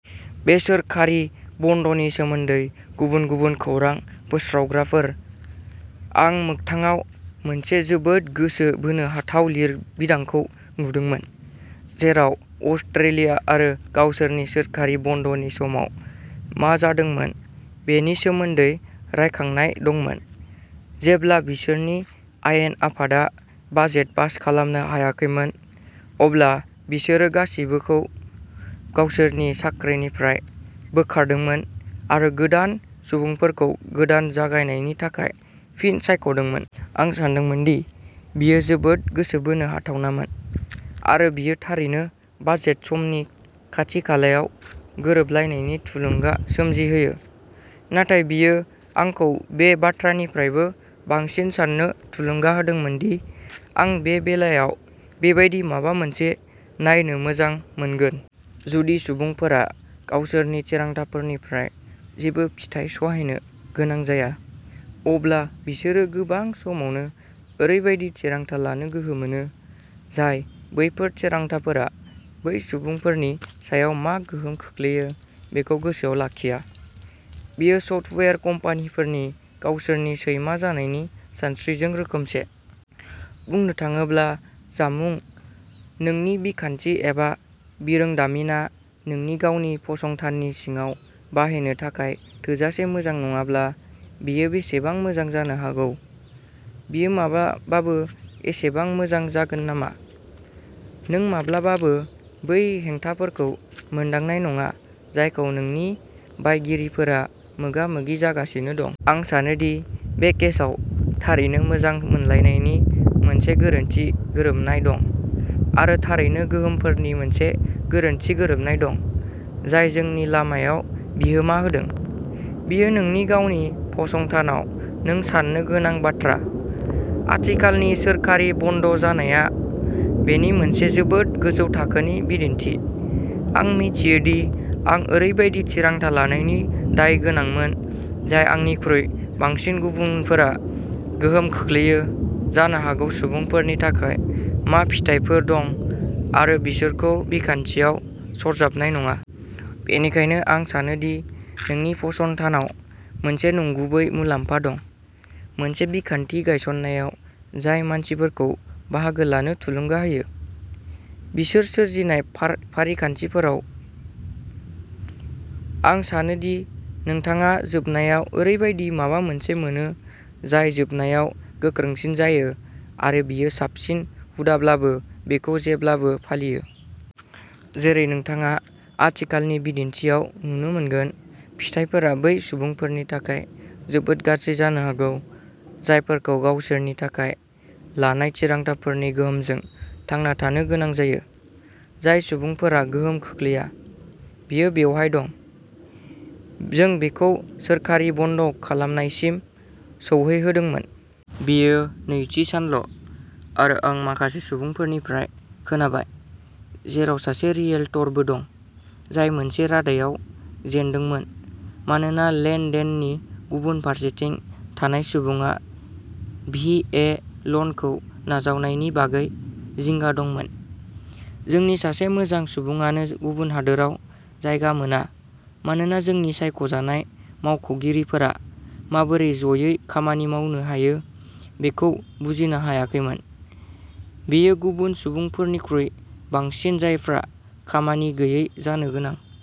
बे सोरखारि बन्द'नि सोमोन्दै गुबुन गुबुन खौरां फोसावग्राफोर। आं मोगथाङाव मोनसे जोबोद गोसो बोनो हाथाव लिरबिदांखौ नुदोंमोन, जेराव अस्ट्रेलिया आरो गावसोरनि सोरखारि बन्द'नि समाव मा जादोंमोन बेनि सोमोन्दै रायखांनाय दंमोन। जेब्ला बिसोरनि आयेन आफादा बाजेट पास खालामनो हायाखैमोन, अब्ला बिसोरो गासिबोखौ गावसोरनि साख्रिनिफ्राय बोखारदोंमोन आरो गोदान सुबुंफोरखौ गोदान जागायनायनि थाखाय फिन सायख'दोंमोन। आं सानदोंमोन दि बेयो जोबोद गोसो बोनो हाथावनामोन आरो बेयो थारैनो बाजेट समनि खाथि-खालायाव गोरोबलायनायनि थुलुंगा सोमजिहोयो, नाथाय बेयो आंखौ बे बाथ्रानिफ्रायबो बांसिन साननो थुलुंगा होदोंमोन दि आं बे बेलायाव बेबादि माबा मोनसे नायनो मोजां मोनगोन। जुदि सुबुंफोरा गावसोरनि थिरांथाफोरनिफ्राय जेबो फिथाय सहायनो गोनां जाया, अब्ला बिसोरो गोबां समावनो ओरैबायदि थिरांथा लानो गोहो मोनो, जाय बैफोर थिरांथाफोरा बै सुबुंफोरनि सायाव मा गोहोम खोख्लैयो बेखौ गोसोआव लाखिया। बेयो सफ्टवेयार कम्पानिफोरनि गावसोरनि सैमा जानायनि सानस्रिजों रोखोमसे। बुंनो थाङोब्ला जामुं। नोंनि बिखान्थि एबा बिरोंदामिनआ नोंनि गावनि फसंथाननि सिङाव बाहायनो थाखाय थोजासे मोजां नङाब्ला, बेयो बेसेबां मोजां जानो हागौ? बेयो माब्लाबाबो एसेबां मोजां जागोन नामा? नों माब्लाबाबो बै हेंथाफोरखौ मोनदांनाय नङा जायखौ नोंनि बायगिरिफोरा मोगा-मोगि जागासिनो दं। आं सानो दि बे केसाव थारैनो मोजां मोनलायनायनि मोनसे गोरोन्थि गोरोबनाय दं आरो थारैनो गोहोमफोरनि मोनसे गोरोन्थि गोरोबनाय दं जाय जोंनि लामायाव बिहोमा होदों। बेयो नोंनि गावनि फसंथानाव नों साननो गोनां बाथ्रा। आथिखालनि सोरखारि बन्द' जानाया बेनि मोनसे जोबोद गोजौ थाखोनि बिदिन्थि, आं मिथियो दि आं ओरैबायदि थिरांथा लानायनि दायगोनांमोन जाय आंनिख्रुइ बांसिन गुबुनफोरा गोहोम खोख्लैयो जानो हागौ सुबुंफोरनि थाखाय मा फिथायफोर दं आरो बिसोरखौ बिखान्थियाव सरजाबनाय नङा। बेनिखायनो आं सानो दि नोंनि फसंथानाव मोनसे नंगुबै मुलाम्फा दं मोनसे बिखान्थि गायसन्नायाव जाय मानसिफोरखौ बाहागो लानो थुलुंगा होयो। बिसोर सोरजिनाय फारिखान्थिफोराव। आं सानो दि नोंथाङा जोबनायाव ओरैबायदि माबा मोनसे मोनो जाय जोबनायाव गोख्रोंसिन जायो आरो बेयो साबसिन हुदाब्लाबो बेखौ जेब्लाबो फालियो। जेरै नोंथाङा आथिखालनि बिदिन्थिआव नुनो मोनगोन, फिथायफोरा बै सुबुंफोरनि थाखाय जोबोद गाज्रि जानो हागौ, जायफोरखौ गावसोरनि थाखाय लानाय थिरांथाफोरनि गोहोमजों थांना थानो गोनां जायो, जाय सुबुंफोरा गोहोम खोख्लैया। बेयो बेवहाय दं। जों बेखौ सोरखारि बन्द' खालामनायसिम सौहैहोदोंमोन। बेयो नैथि सानल' आरो आं माखासे सुबुंफोरनिफ्राय खोनाबाय, जेराव सासे रियेल्टरबो दं, जाय मोनसे रादायाव जेनदोंमोन मानोना लेन-देननि गुबुन फारसेथिं थानाय सुबुङा भि ए ल'नखौ नाजावनायनि बागै जिंगा दंमोन। जोंनि सासे मोजां सुबुङानो गुबुन हादोराव जायगा मोना मानोना जोंनि सायख'जानाय मावख'गिरिफोरा माबोरै ज'यै खामानि मावनो हायो बेखौ बुजिनो हायाखैमोन। बेयो गुबुन सुबुंफोरनिख्रुइ बांसिन जायफ्रा खामानि गैयै जानो गोनां,